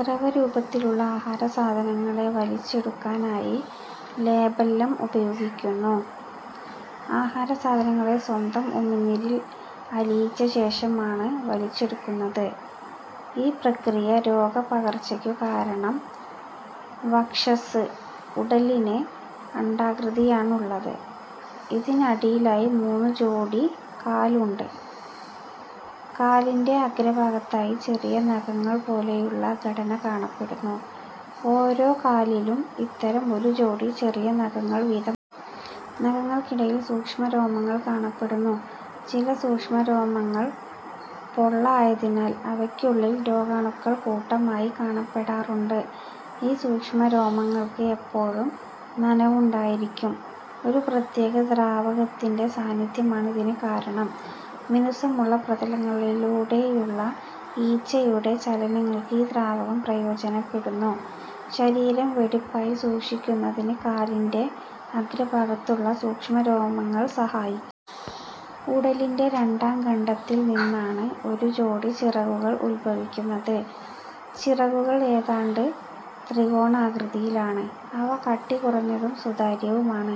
ദ്രവരൂപത്തിലുള്ള ആഹാരസാധനങ്ങളെ വലിച്ചെടുക്കാനായി labellum ഉപയോഗിക്കുന്നു. ആഹാരസാധനങ്ങളെ സ്വന്തം ഉമിനീരിൽ അലിയിച്ചശേഷമാണ് വലിച്ചെടുക്കുന്നത്. ഈ പ്രക്രിയ രോഗ പകർചക്കു കാരണം. വക്ഷസ്സ് / ഉടലിന് അണ്ഡാകൃതിയാണുള്ളത് ഇതിനടിയിലായി മൂന്നു ജോഡി കാലുണ്ട്. കാലിന്റെ അഗ്രഭാഗത്തായി ചെറിയ നഖങ്ങൾ പോലെയുള്ള ഘടന കാണപ്പെടുന്നു. ഓരോകാലിലും ഇത്തരം ഒരു ജോഡി ചെറിയ നഖങ്ങൾ വീതമുണ്ട്. നഖങ്ങൾക്കിടയിൽ സൂക്ഷ്മരോമങ്ങൾ കാണപ്പെടുന്നു. ചില സൂക്ഷ്മരോമങ്ങൾ പൊള്ള ആയതിനാൽ അവയ്ക്കുള്ളിൽ രോഗാണുക്കൾ കൂട്ടമായി കാണപ്പെടാറുണ്ട്. ഈ സൂക്ഷ്മരോമങ്ങൾക്ക് എപ്പോഴും നനവുണ്ടായിരിക്കും. ഒരു പ്രത്യേക ദ്രാവകത്തിന്റെ സാന്നിധ്യമാണ് ഇതിനു കാരണം. മിനുസമുള്ള പ്രതലങ്ങളിലൂടെയുള്ള ഈച്ചയുടെ ചലനങ്ങൾക്ക് ഈ ദ്രാവകം പ്രയോജനപ്പെടുന്നു. ശരീരം വെടിപ്പായി സൂക്ഷിക്കുന്നതിന് കാലിന്റെ അഗ്രഭാഗത്തുള്ള സൂക്ഷ്മരോമങ്ങൾ സഹായിക്കുന്നു. ഉടലിന്റെ രണ്ടാം ഖണ്ഡത്തിൽ നിന്നാണ് ഒരു ജോഡി ചിറകുകൾ ഉദ്ഭവിക്കുന്നത്. ചിറകുകൾ ഏതാണ്ടു ത്രികോണാകൃതിയിലാണ്. അവ കട്ടികുറഞ്ഞതും സുതാര്യവുമാണ്.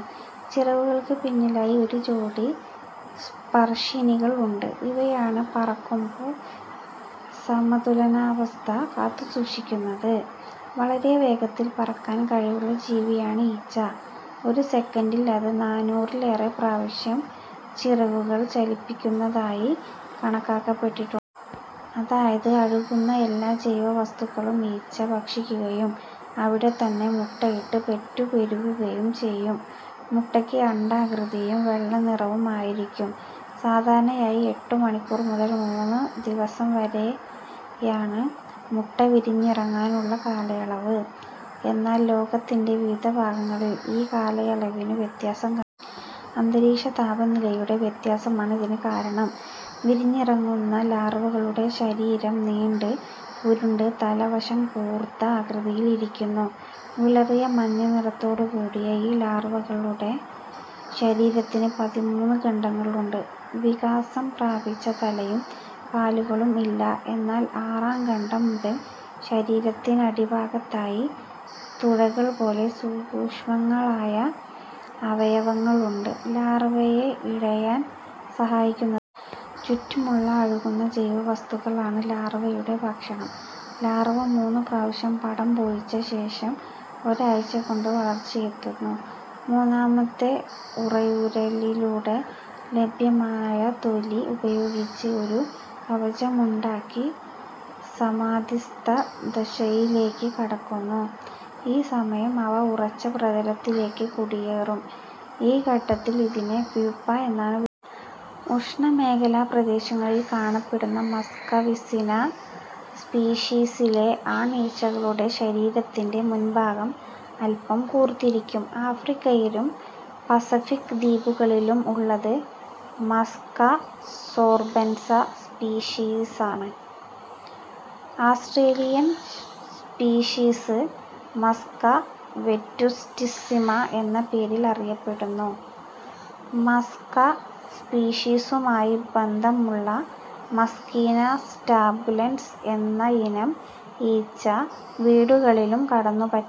ചിറകുകൾക്ക് പിന്നിലായി ഒരു ജോഡി സ്പർശിനികൾ ഉണ്ട്. ഇവയാണ് പറക്കുമ്പോൾ സമതുലനാവസ്ത കാത്തുസൂക്ഷിക്കുന്നത്. വളരെ വേഗത്തിൽ പറക്കാൻ കഴിവുള്ള ജീവിയാണ് ഈച്ച. ഒരു സെക്കൻഡിൽ അത് നാനൂറിലേറെ പ്രാവശ്യം ചിറകുകൾ ചലിപ്പിക്കുന്നതായി കണക്കാക്കപ്പെട്ടിട്ടുണ്ട്. അതായത്, അഴുകുന്ന എല്ലാ ജൈവ വസ്തുക്കളും ഈച്ച ഭക്ഷിക്കുകയും അവിടെത്തന്നെ മൂട്ട ഇട്ട് പെറ്റു പെരുകുകയും ചെയ്യും. മുട്ടയ്ക്ക് അണ്ഡാകൃതിയും വെള്ളനിറവും ആയിരിക്കും. സാധാരണയായി എട്ടു മണിക്കൂർ മുതൽ മൂന്നു ദിവസം വരെയാണ് മുട്ടവിരിഞ്ഞിറങ്ങാനുള്ള കാലയളവ്. എന്നാൽ ലോകത്തിന്റെ വിവിധ ഭാഗങ്ങളിൽ ഈ കാലയളവിനു വ്യത്യാസം കണ്ടുവരുന്നു. അന്തരീക്ഷ താപനിലയുടെ വ്യത്യാസമാണ് ഇതിനു കാരണം. വിരിഞ്ഞിറങ്ങുന്ന ലാർവകളുടെ ശരീരം നീണ്ട്, ഉരുണ്ട്, തല വശം കൂർത്ത ആകൃതിയിൽ ഇരിക്കുന്നു. വിളറിയ മഞ്ഞനിറത്തോടുകൂടിയ ഈ ലാർവകളുടെ ശരീരത്തിന് പതിമൂന്നു ഖണ്ഡങ്ങളുണ്ട്; വികാസം പ്രാപിച്ച തലയും കാലുകളും ഇല്ല. എന്നാൽ ആറാംഖണ്ഡം മുതൽ ശരീരത്തിന്നടിഭാഗത്തായി തുഴകൾപോലെ സൂക്ഷ്മങ്ങളായ അവയവങ്ങളുണ്ട്; ലാർവയെ ഇഴയാൻ സഹായിക്കുന്നത് ഇവയാണ്. ചുറ്റുമുള്ള അഴുകുന്ന ജൈവ വസ്തുക്കൾ ആണ് ലാർവയുടെ ഭക്ഷണം. ലാർവ മൂന്നു പ്രാവശ്യം പടം പൊഴിച്ചശേഷം ഒരാഴ്ച്ചകൊണ്ട് വളർച്ചയെത്തുന്നു. മൂന്നാമത്തെ ഉറയൂരലിലൂടെ ലഭ്യമായ തൊലി ഉപയോഗിച്ച് ഒരു കവചമുണ്ടാക്കി സമാധിസ്ഥ ദശയിലേക്കു കടക്കുന്നു. ഈ സമയം അവ ഉറച്ച പ്രതലത്തിലേക്ക് കുടിയേറും. ഈ ഘട്ടത്തിൽ ഇതിനെ പ്യൂപ്പ എന്നാണ് വിളിക്കുന്നത്. ഉഷ്ണമേഖലാ പ്രദേശങ്ങളിൽ കാണപ്പെടുന്ന മസ്ക വിസിന സ്പീഷിസിലെ ആൺ ഈച്ചകളുടെ ശരീരത്തിന്റെ മുൻഭാഗം അല്പം കൂർത്തിരിക്കും. ആഫ്രിക്കയിലും പസഫിക്ക് ദ്വീപുകളിലും ഉള്ളത് മസ്ക സോർബൻസ സ്പീഷീസാണ്. ആസ്ട്രേലിയൻ സ്പീഷീസ് മസ്ക വെറ്റുസ്റ്റിസ്സിമ എന്ന പേരിൽ അറിയപ്പെടുന്നു. മസ്ക സ്പീഷീസുമായി ബന്ധമുള്ള മസ്കീന സ്റ്റാബുലൻസ് എന്നയിനം ഈച്ച വീടുകളിലും കടന്നുപറ്റാറുണ്ട്.